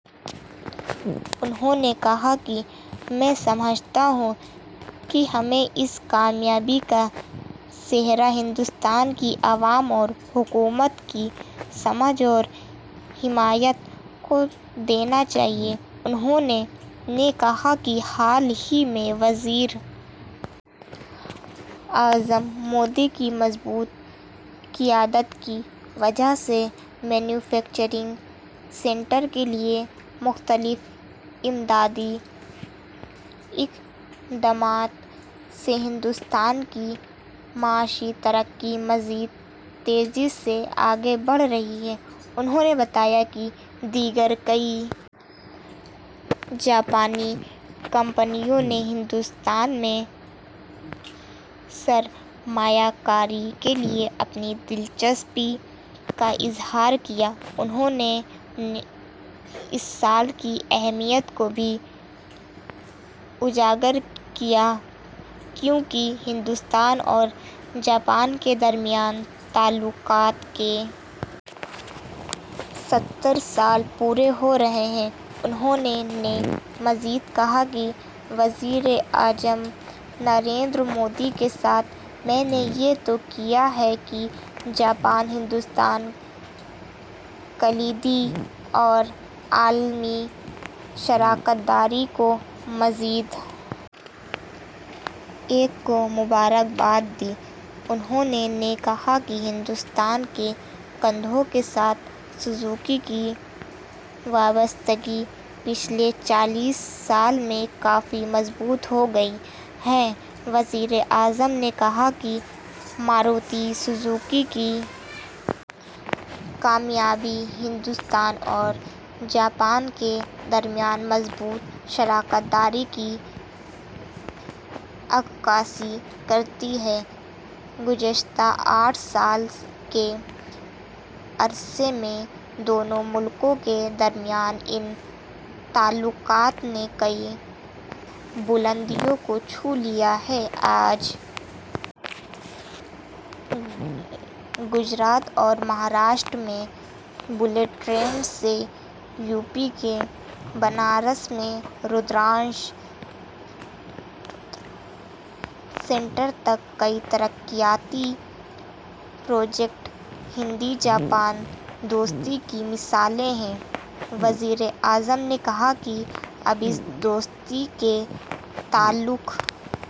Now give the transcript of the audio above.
انہوں نے کہا کہ میں سمجھتا ہوں کہ ہمیں اس کامیابی کا سہرا ہندوستان کی عوام اور حکومت کی سمجھ اور حمایت کو دینا چاہیے انہوں نے کہا کہ حال ہی میں وزیر اعظم مودی کی مضبوط قیادت کی وجہ سے مینوفیکچرنگ سیکٹر کے لیے مختلف امدادی اقدامات سے ہندوستان کی معاشی ترقی مزید تیزی سے آگے بڑھ رہی ہے انہوں نے بتایا کہ دیگر کئی جاپانی کمپنیوں نے ہندوستان میں سرمایہ کاری کے لیے اپنی دلچسپی کا اظہار کیا ہے انہوں نے اس سال کی اہمیت کو بھی اجاگر کیا کیونکہ ہندوستان اور جاپان کے درمیان تعلقات کے ستر سال پورے ہو رہے ہیں انہوں نے مزید کہا کہ وزیر اعظم نریندر مودی کے ساتھ میں نے یہ تہیہ کیا ہے کہ جاپان ہندوستان کلیدی اور عالمی شراکت داری کو مزید ایک کو مبارکباد دی انہوں نے کہا کہ ہندوستان کے کنبوں کے ساتھ سوزوکی کی وابستگی پچھلے چالیس سال میں کافی مضبوط ہو گئی ہے وزیر اعظم نے کہا کہ ماروتی سوزوکی کی کامیابی ہندوستان اور جاپان کے درمیان مضبوط شراکت داری کی عکاسی کرتی ہے گزشتہ آٹھ سال کے عرصے میں دونوں ملکوں کے درمیان ان تعلقات نے نئی بلندیوں کو چھو لیا ہے آج گجرات اور مہاراشٹر میں بلٹ ٹرین سے یوپی کے بنارس میں رودراکش سینٹر تک کئی ترقیاتی پروجیکٹ ہند جاپان دوستی کی مثالیں ہیں وزیر اعظم نے کہا کہ جب اس دوستی کے تعلق